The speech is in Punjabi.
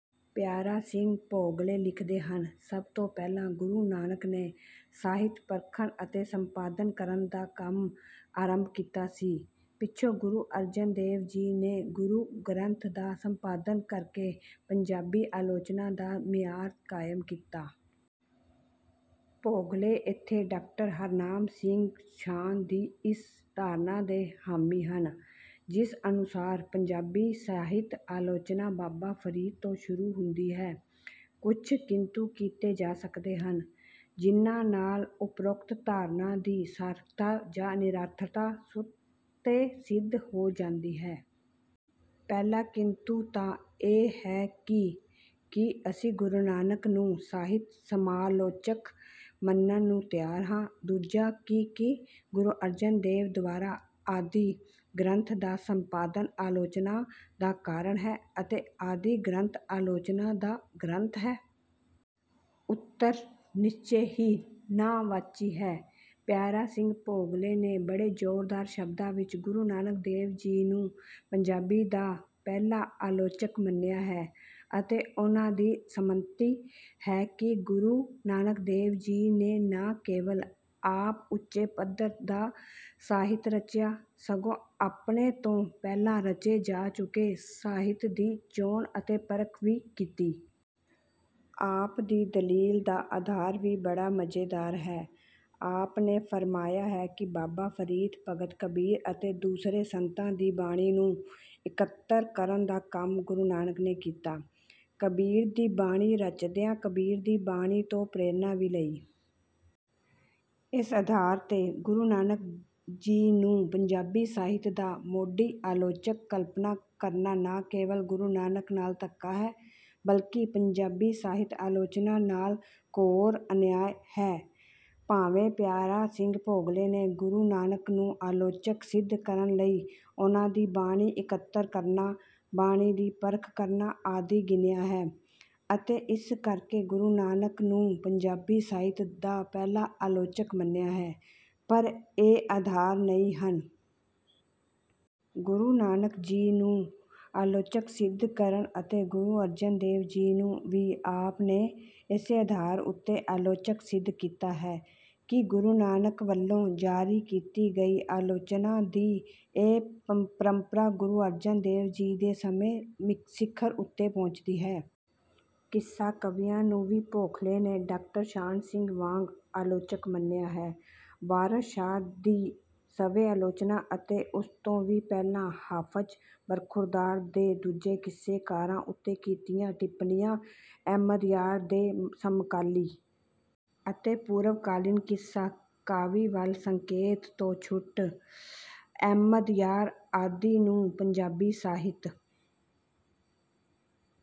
ਪਿਆਰਾ ਸਿੰਘ ਭੋਗਲੇ ਲਿਖਦੇ ਹਨ: ਸਭ ਤੋਂ ਪਹਿਲਾਂ ਗੁਰੂ ਨਾਨਕ ਨੇ ਸਾਹਿਤ-ਪਰਖਣ ਅਤੇ ਸੰਪਾਦਨ ਕਰਨ ਦਾ ਕੰਮ ਆਰੰਭ ਕੀਤਾ ਸੀ। ਪਿੱਛੋਂ ਗੁਰੂ ਅਰਜਨ ਦੇਵ ਜੀ ਨੇ ਗੁਰੂ ਗ੍ਰੰਥ ਦਾ ਸੰਪਾਦਨ ਕਰਕੇ ਪੰਜਾਬੀ ਆਲੋਚਨਾ ਦਾ ਮਿਆਰ ਕਾਇਮ ਕੀਤਾ। ਭੋਗਲੇ ਇੱਥੇ ਡਾਕਟਰ ਹਰਨਾਮ ਸਿੰਘ ਸ਼ਾਨ ਦੀ ਇਸ ਧਾਰਨਾ ਦੇ ਹਾਮੀ ਹਨ, ਜਿਸ ਅਨੁਸਾਰ ਪੰਜਾਬੀ ਸਾਹਿਤ ਆਲੋਚਨਾ ਬਾਬਾ ਫਰੀਦ ਤੋਂ ਸ਼ੁਰੂ ਹੁੰਦੀ ਹੈ। ਕੁਝ ਕਿੰਤੂ ਕੀਤੇ ਜਾ ਸਕਦੇ ਹਨ, ਜਿਨ੍ਹਾਂ ਨਾਲ ਉਪਰੋਕਤ ਧਾਰਨਾ ਦੀ ਸਾਰਥਕਤਾ ਜਾਂ ਨਿਰਾਰਥਕਤਾ ਸੁਤੇ-ਸਿੱਧ ਹੋ ਜਾਂਦੀ ਹੈ। ਪਹਿਲਾ ਕਿੰਤੂ ਤਾਂ ਇਹ ਹੈ ਕਿ ਕੀ ਅਸੀਂ ਗੁਰੂ ਨਾਨਕ ਨੂੰ ਸਾਹਿਤ ਸਮਾਲੋਚਕ ਮੰਨਣ ਨੂੰ ਤਿਆਰ ਹਾਂ? ਦੂਜਾ ਕਿ ਕੀ ਗੁਰੂ ਅਰਜਨ ਦੇਵ ਦੁਆਰਾ ਆਦਿ ਗ੍ਰੰਥ ਦਾ ਸੰਪਾਦਨ ਆਲੋਚਨਾ ਦਾ ਕਾਰਨ ਹੈ ਅਤੇ ਆਦਿ ਗ੍ਰੰਥ ਆਲੋਚਨਾ ਦਾ ਗ੍ਰੰਥ ਹੈ? ਉੱਤਰ ਨਿਸ਼ਚੇ ਹੀ ਨਾਂਹਵਾਚੀ ਹੈ। ਪਿਆਰਾ ਸਿੰਘ ਭੋਗਲੇ ਨੇ ਬੜੇ ਜ਼ੋਰਦਾਰ ਸ਼ਬਦਾਂ ਵਿੱਚ ਗੁਰੂ ਨਾਨਕ ਦੇਵ ਜੀ ਨੂੰ ਪੰਜਾਬੀ ਦਾ ਪਹਿਲਾ ਆਲੋਚਕ ਮੰਨਿਆ ਹੈ ਅਤੇ ਉਹਨਾਂ ਦੀ ਸੰਮਤੀ ਹੈ ਕਿ ਗੁਰੂ ਨਾਨਕ ਦੇਵ ਜੀ ਨੇ ਨਾ ਕੇਵਲ ਆਪ ਉੱਚੇ ਪੱਧਰ ਦਾ ਸਾਹਿਤ ਰਚਿਆ, ਸਗੋਂ ਆਪਣੇ ਤੋਂ ਪਹਿਲਾਂ ਰਚੇ ਜਾ ਚੁੱਕੇ ਸਾਹਿਤ ਦੀ ਚੋਣ ਅਤੇ ਪਰਖ ਵੀ ਕੀਤੀ। ਆਪ ਦੀ ਦਲੀਲ ਦਾ ਆਧਾਰ ਵੀ ਬੜਾ ਮਜ਼ੇਦਾਰ ਹੈ। ਆਪ ਨੇ ਫਰਮਾਇਆ ਹੈ ਕਿ ਬਾਬਾ ਫਰੀਦ, ਭਗਤ ਕਬੀਰ ਅਤੇ ਦੂਸਰੇ ਸੰਤਾਂ ਦੀ ਬਾਣੀ ਨੂੰ ਇਕੱਤਰ ਕਰਨ ਦਾ ਕੰਮ ਗੁਰੂ ਨਾਨਕ ਨੇ ਕੀਤਾ। ਕਬੀਰ ਦੀ ਬਾਣੀ ਰਚਦਿਆਂ ਕਬੀਰ ਦੀ ਬਾਣੀ ਤੋਂ ਪ੍ਰੇਰਨਾ ਵੀ ਲਈ। ਇਸ ਆਧਾਰ 'ਤੇ ਗੁਰੂ ਨਾਨਕ ਜੀ ਨੂੰ ਪੰਜਾਬੀ ਸਾਹਿਤ ਦਾ ਮੋਢੀ ਆਲੋਚਕ ਕਲਪਨਾ ਕਰਨਾ ਨਾ ਕੇਵਲ ਗੁਰੂ ਨਾਨਕ ਨਾਲ ਧੱਕਾ ਹੈ, ਬਲਕਿ ਪੰਜਾਬੀ ਸਾਹਿਤ ਆਲੋਚਨਾ ਨਾਲ ਘੋਰ ਅਨਿਆਂ ਹੈ। ਭਾਵੇਂ ਪਿਆਰਾ ਸਿੰਘ ਭੋਗਲੇ ਨੇ ਗੁਰੂ ਨਾਨਕ ਨੂੰ ਆਲੋਚਕ ਸਿੱਧ ਕਰਨ ਲਈ ਉਹਨਾਂ ਦੀ ਬਾਣੀ ਇਕੱਤਰ ਕਰਨਾ, ਬਾਣੀ ਦੀ ਪਰਖ ਕਰਨਾ ਆਦਿ ਗਿਣਿਆ ਹੈ, ਅਤੇ ਇਸੇ ਕਰਕੇ ਗੁਰੂ ਨਾਨਕ ਨੂੰ ਪੰਜਾਬੀ ਸਾਹਿਤ ਦਾ ਪਹਿਲਾ ਆਲੋਚਕ ਮੰਨਿਆ ਹੈ, ਪਰ ਇਹ ਆਧਾਰ ਨਹੀਂ ਹਨ। ਗੁਰੂ ਨਾਨਕ ਜੀ ਨੂੰ ਆਲੋਚਕ ਸਿੱਧ ਕਰਨ ਅਤੇ ਗੁਰੂ ਅਰਜਨ ਦੇਵ ਜੀ ਨੂੰ ਵੀ ਆਪ ਨੇ ਇਸੇ ਆਧਾਰ ਉੱਤੇ ਆਲੋਚਕ ਸਿੱਧ ਕੀਤਾ ਹੈ ਕਿ ਗੁਰੂ ਨਾਨਕ ਵੱਲੋਂ ਜਾਰੀ ਕੀਤੀ ਗਈ ਆਲੋਚਨਾ ਦੀ ਇਹ ਪ੍ਰੰਪਰਾ ਗੁਰੂ ਅਰਜਨ ਦੇਵ ਜੀ ਦੇ ਸਮੇਂ ਸਿਖਰ ਉੱਤੇ ਪਹੁੰਚਦੀ ਹੈ। ਕਿੱਸਾ ਕਵੀਆਂ ਨੂੰ ਵੀ ਭੋਗਲੇ ਨੇ ਡਾਕਟਰ ਸ਼ਾਨ ਸਿੰਘ ਵਾਂਗ ਆਲੋਚਕ ਮੰਨਿਆ ਹੈ। ਵਾਰਸ ਸ਼ਾਹ ਦੀ ਸਵੈ-ਆਲੋਚਨਾ ਅਤੇ ਉਸ ਤੋਂ ਵੀ ਪਹਿਲਾਂ ਹਾਫ਼ਜ਼ ਬਰਖ਼ੁਰਦਾਰ ਦੇ ਦੂਜੇ ਕਿੱਸਾਕਾਰਾਂ ਉੱਤੇ ਕੀਤੀਆਂ ਟਿੱਪਣੀਆਂ, ਅਹਿਮਦਯਾਰ ਦੇ ਸਮਕਾਲੀ ਅਤੇ ਪੂਰਵਕਾਲੀਨ ਕਿੱਸਾ ਕਾਵਿ ਵੱਲ ਸੰਕੇਤ ਤੋਂ ਛੁੱਟ, ਅਹਿਮਦਯਾਰ ਆਦਿ ਨੂੰ ਪੰਜਾਬੀ ਸਾਹਿਤ